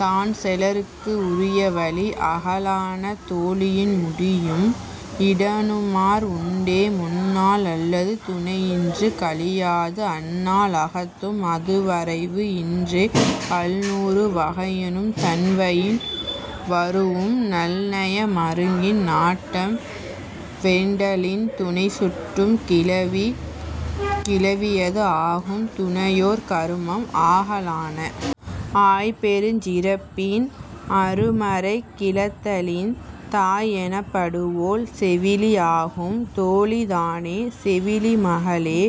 தான் செலற்கு உரிய வழி ஆகலான. தோழியின் முடியும் இடனுமார் உண்டே. முந் நாள் அல்லது துணை இன்று கழியாது அந் நாள் அகத்தும் அது வரைவு இன்றே. பல் நூறு வகையினும் தன் வயின் வரூஉம் நல் நய மருங்கின் நாட்டம் வேண்டலின் துணைச் சுட்டுக் கிளவி கிழவியது ஆகும் துணையோர் கருமம் ஆகலான. ஆய் பெருஞ் சிறப்பின் அரு மறை கிளத்தலின் தாய் எனப்படுவோள் செவிலி ஆகும். தோழிதானே செவிலி மகளே.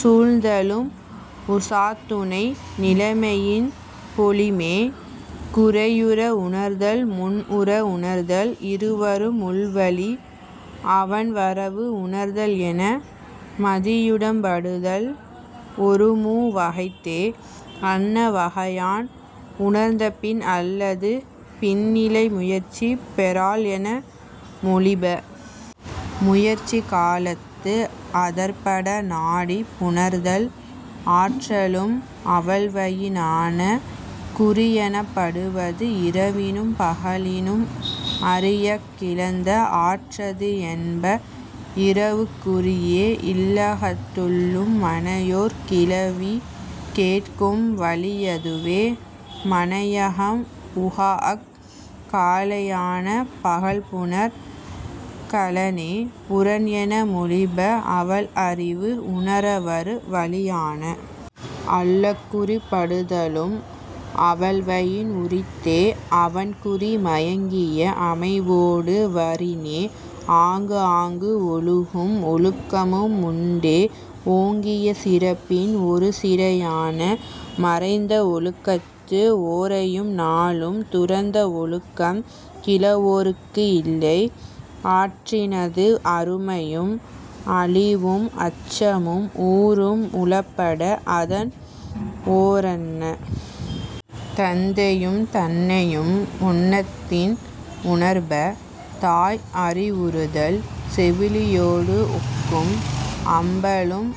சூழ்தலும் உசாத்துணை நிலைமையின் பொலிமே. குறையுற உணர்தல் முன் உற உணர்தல் இருவரும் உள்வழி அவன் வரவு உணர்தல் என மதியுடம்படுத்தல் ஒரு மூ வகைத்தே. அன்ன வகையான் உணர்ந்த பின் அல்லது பின்னிலை முயற்சி பெறாள் என மொழிப. முயற்சிக் காலத்து அதற்பட நாடி புணர்த்தல் ஆற்றலும் அவள்வயினான. குறி எனப்படுவது இரவினும் பகலினும் அறியக் கிளந்த ஆற்றது என்ப. இரவுக் குறியே இல்லகத்துள்ளும் மனையோர் கிளவி கேட்கும் வழியதுவே மனையகம் புகாஅக் காலையான. பகல் புணர் களனே புறன் என மொழிப அவள் அறிவு உணர வரு வழியான. அல்லகுறிப்படுதலும் அவள்வயின் உரித்தே அவன் குறி மயங்கிய அமைவொடு வரினே. ஆங்கு ஆங்கு ஒழுகும் ஒழுக்கமும் உண்டே ஓங்கிய சிறப்பின் ஒரு சிறையான. மறைந்த ஒழுக்கத்து ஓரையும் நாளும் துறந்த ஒழுக்கம் கிழவோற்கு இல்லை. ஆற்றினது அருமையும் அழிவும் அச்சமும் ஊறும் உளப்பட அதன் ஓரன்ன. தந்தையும் தன்னையும் முன்னத்தின் உணர்ப. தாய் அறிவுறுதல் செவிலியொடு ஒக்கும். அம்பலும்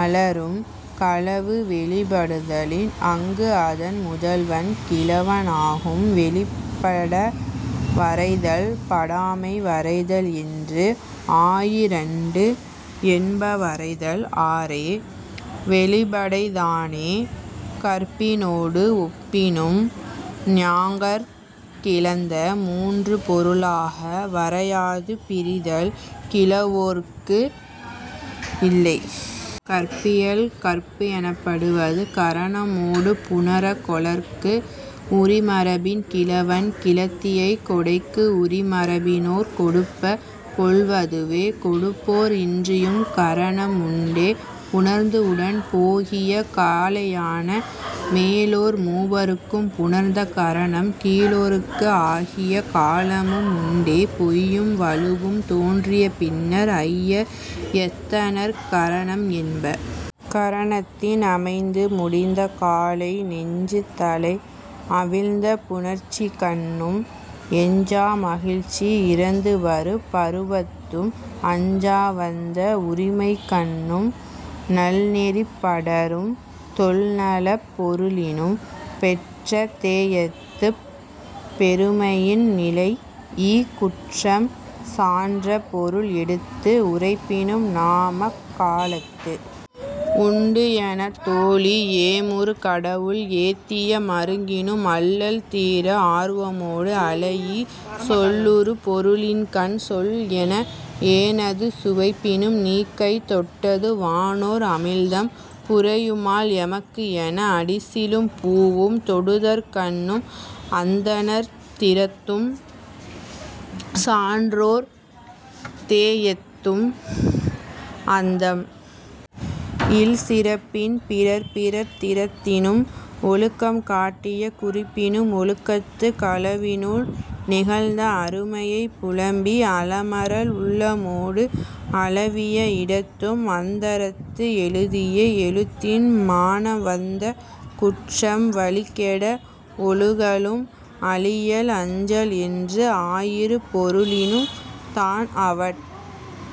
அலரும் களவு வெளிப்படுத்தலின் அங்கு அதன் முதல்வன் கிழவன் ஆகும். வெளிப்பட வரைதல் படாமை வரைதல் என்று ஆயிரண்டு என்ப வரைதல் ஆறே. வெளிப்படைதானே கற்பினொடு ஒப்பினும் ஞாங்கர்க் கிளந்த மூன்று பொருளாக வரையாது பிரிதல் கிழவோற்கு இல்லை.. கற்பியல் கற்பு எனப்படுவது கரணமொடு புணர கொளற்கு உரி மரபின் கிழவன் கிழத்தியை கொடைக்கு உரி மரபினோர் கொடுப்ப கொள்வதுவே. கொடுப்போர் இன்றியும் கரணம் உண்டே புணர்ந்து உடன் போகிய காலையான. மேலோர் மூவர்க்கும் புணர்ந்த கரணம் கீழோர்க்கு ஆகிய காலமும் உண்டே. பொய்யும் வழுவும் தோன்றிய பின்னர் ஐயர் யத்தனர் கரணம் என்ப. கரணத்தின் அமைந்து முடிந்த காலை நெஞ்சு தளை அவிழ்ந்த புணர்ச்சிக்கண்ணும் எஞ்சா மகிழ்ச்சி இறந்து வரு பருவத்தும் அஞ்சா வந்த உரிமைக்கண்ணும் நல் நெறிப் படரும் தொல் நலப் பொருளினும் பெற்ற தேஎத்துப் பெருமையின் நிலைஇ குற்றம் சான்ற பொருள் எடுத்து உரைப்பினும் நாமக் காலத்து உண்டு எனத் தோழி ஏமுறு கடவுள் ஏத்திய மருங்கினும் அல்லல் தீர ஆர்வமொடு அளைஇ சொல்லுறு பொருளின்கண் சொல் என ஏனது சுவைப்பினும் நீ கை தொட்டது வானோர் அமிழ்தம் புரையுமால் எமக்கு என அடிசிலும் பூவும் தொடுதற்கண்ணும் அந்தணர் திறத்தும் சான்றோர் தேஎத்தும் அந்தம் இல் சிறப்பின் பிறர் பிறர் திறத்தினும் ஒழுக்கம் காட்டிய குறிப்பினும் ஒழுக்கத்துக் களவினுள் நிகழ்ந்த அருமையைப் புலம்பி அலமரல் உள்ளமொடு அளவிய இடத்தும் அந்தரத்து எழுதிய எழுத்தின் மான வந்த குற்றம் வழி கெட ஒழுகலும் அழியல் அஞ்சல் என்று ஆயிரு பொருளினும் தான் அவட்